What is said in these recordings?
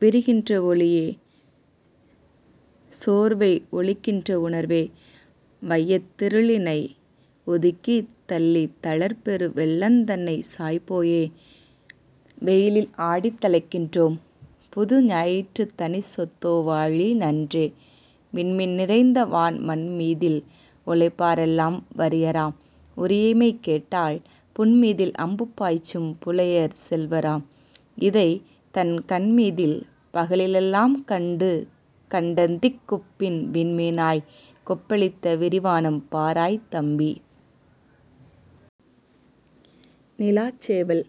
விரிகின்ற ஒளியே, சோர்வை ஒளிக்கின்ற உணர்வே, வையத் திருளினை ஒதுக்கித் தள்ளித் தழற் பெரு வெள்ளந் தன்னைச் சாய்ப் போயே, வெயிலில் ஆடித் தழைக்கின்றோம் புதுஞா யிற்றுத் தனிச்சொத்தோ வாழி நன்றே. விண்மீன் நிறைந்த வான் மண்மீதில் உழைப்பா ரெல்லாம் வறியராம்! உரிமை கேட்டால் புண்மீதில் அம்பு பாய்ச்சும் புலையர்செல் வராம்; இதைத் தன் கண்மீதில் பகலி லெல்லாம் கண்டுகண் டந்திக் குப்பின் விண்மீனாய்க் கொப்ப ளித்த விரிவானம் பாராய் தம்பி! நிலாச்சேவல்,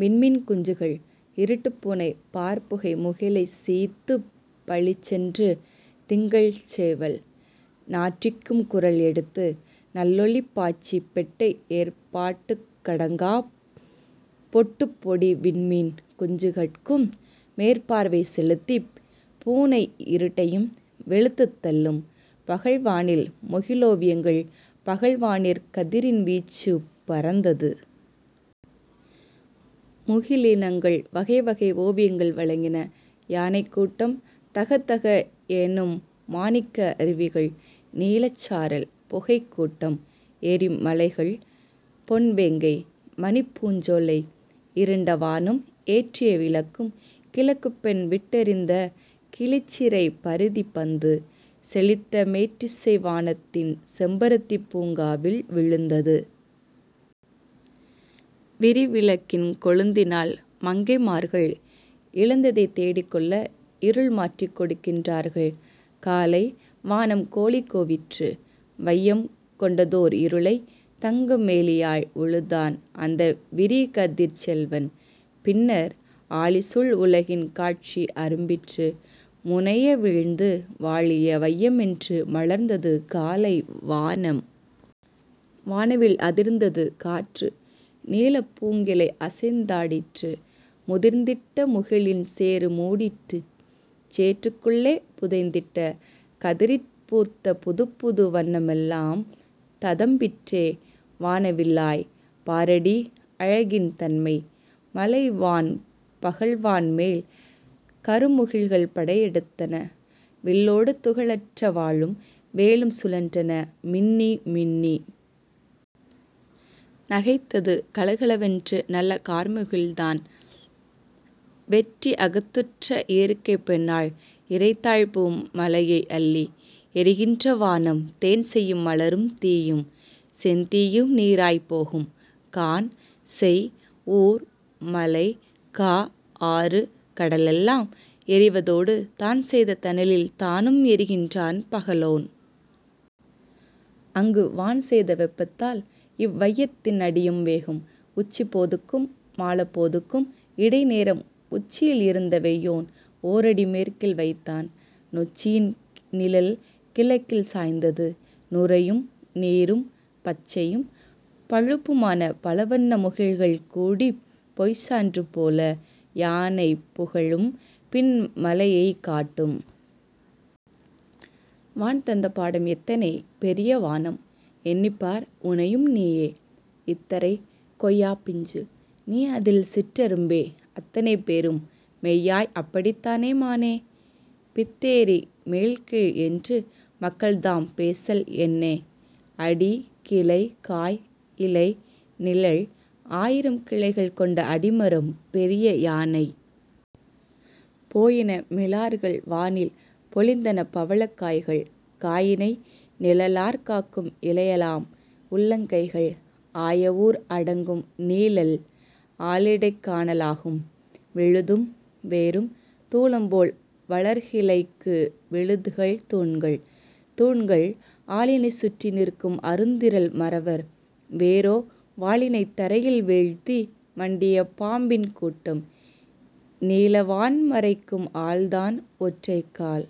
விண்மீன் குஞ்சுகள், இருட்டுப்பூனை பாற்புகை முகிலைச் சீய்த்துப் பளிச்சென்று "திங்கட் சேவல்" நாற்றிக்கும் குரல் எடுத்து நல்லொளி பாய்ச்சிப் பெட்டை ஏற்பாட்டுக் கடங்காப் பொட்டுப் பொடிவிண்மீன் குஞ்சு கட்கும் மேற்பார்வை செலுத்திப் "பூனை இருட்டையும்" வெளுத்துத் தள்ளும். பகல் வானில் முகிலோவியங்கள் பகல்வானிற் கதிரின் வீச்சுப் பரந்தது! முகிலி னங்கள் வகைவகை ஓவி யங்கள் வழங்கின; யானைக் கூட்டம்! தகதக எனும்மா ணிக்க அருவிகள்! நீலச் சாரல்! புகைக்கூட்டம்! எரிம லைகள்! பொன் வேங்கை! மணிப்பூஞ்சோலை! இருண்ட வானும் ஏற்றிய விளக்கும் கிழக்குப்பெண் விட்டெ றிந்த கிளிச்சிறைப் பரிதிப் பந்து, செழித்தமேற் றிசைவா னத்தின் செம்பருத் திப்பூங் காவில் விழுந்தது! விரிவிளக்கின் கொழுந்தினால் மங்கை மார்கள் இழந்ததைத் தேடிக் கொள்ள இருள்மாற்றிக் கொடுக்கின் றார்கள்! காலை வானம் கோழிகூ விற்று! வையம், கொண்டதோர் இருளைத் தங்க மேழியால் உழுதான் அந்த விரிகதிர்ச் செல்வன்; பின்னர் ஆழிசூழ் உலகின் காட்சி அரும்பிற்று! முனைய விழ்ந்து வாழிய வைய மென்று மலர்ந்தது காலை வானம்! வானவில் அதிர்ந்தது காற்று! நீளப் பூங்கிளை அசைந்தா டிற்று! முதிர்ந்திட்ட முகிலின் சேறு மூடிற்றுச்! சேற்றுக் குள்ளே புதைந்திட்ட கதிரிற் பூத்த புதுப்புது வண்ண மெல்லாம் ததம்பிற்றே வான வில்லாய்ப்! பாரடி அழகின் தன்மை! மழை வான் பகல்வான்மேல் கருமு கில்கள் படையெடுத் தன! வில்லோடு துகளற்ற வாளும், வேலும் சுழன்றன மின்னி மின்னி! நகைத்தது கலகல வென்று நல்ல கார்முகில்தான்! வெற்றி அகத்துற்ற இயற்கைப் பெண்ணாள் இறைத்தாள்பூ மழையை அள்ளி! எரிகின்ற வானம் தேன்செய்யும் மலரும் தீயும்! செந்தீயும் நீறாய்ப் போகும்! கான், செய், ஊர், மலை, கா, ஆறு கடலெல்லாம் எரிவ தோடு தான்செய்த தணலில் தானும் எரிகின்றான் பகலோன்! அங்கு வான்செய்த வெப்பத் தால்இவ் வையத்தின் அடியும் வேகும்! உச்சிப் போதுக்கும் மாலப் போதுக்கும் இடை நேரம் உச்சியில் இருந்த வெய்யோன், ஓரடி மேற்கில் வைத்தான், நொச்சியின் நிழல்கி ழக்கில் சாய்ந்தது! நுரையும், நீரும், பச்சையும், பழுப்பு மான பலவண்ண முகில்கள் கூடிப் பொய்ச்சான்று போல, யானை புகழும்; பின் மலையைக் காட்டும். வான் தந்த பாடம் எத்தனை பெரிய வானம்! எண்ணிப்பார் உனையும் நீயே; இத்தரை, கொய்யாப் பிஞ்சு; நீஅதில் சிற்றெ றும்பே அத்தனை பேரும் மெய்யாய் அப்படித் தானே மானே? பித்தேறி மேல்கீழ் என்று மக்கள்தாம் பேசல் என்னே! அடி, கிளை, காய், இலை, நிழல் ஆயிரம் கிளைகள் கொண்ட அடிமரம் பெரிய யானை! போயின மிலார்கள் வானில்! பொலிந்தன பவளக் காய்கள்! காயினை நிழலாற் காக்கும் இலையெலாம், உள்ளங் கைகள்! ஆயஊர் அடங்கும் நீழல், ஆலிடைக் காண லாகும்! விழுதும் வேரும் தூலம்போல் வளர்கி ளைக்கு விழுதுகள் தூண்கள்! தூண்கள் ஆலினைச் சுற்றி நிற்கும் அருந்திறல் மறவர்! வேரோ வாலினைத் தரையில் வீழ்த்தி மண்டிய பாம்பின் கூட்டம்! நீலவான் மறைக்கும் ஆல்தான் ஒற்றைக்கால்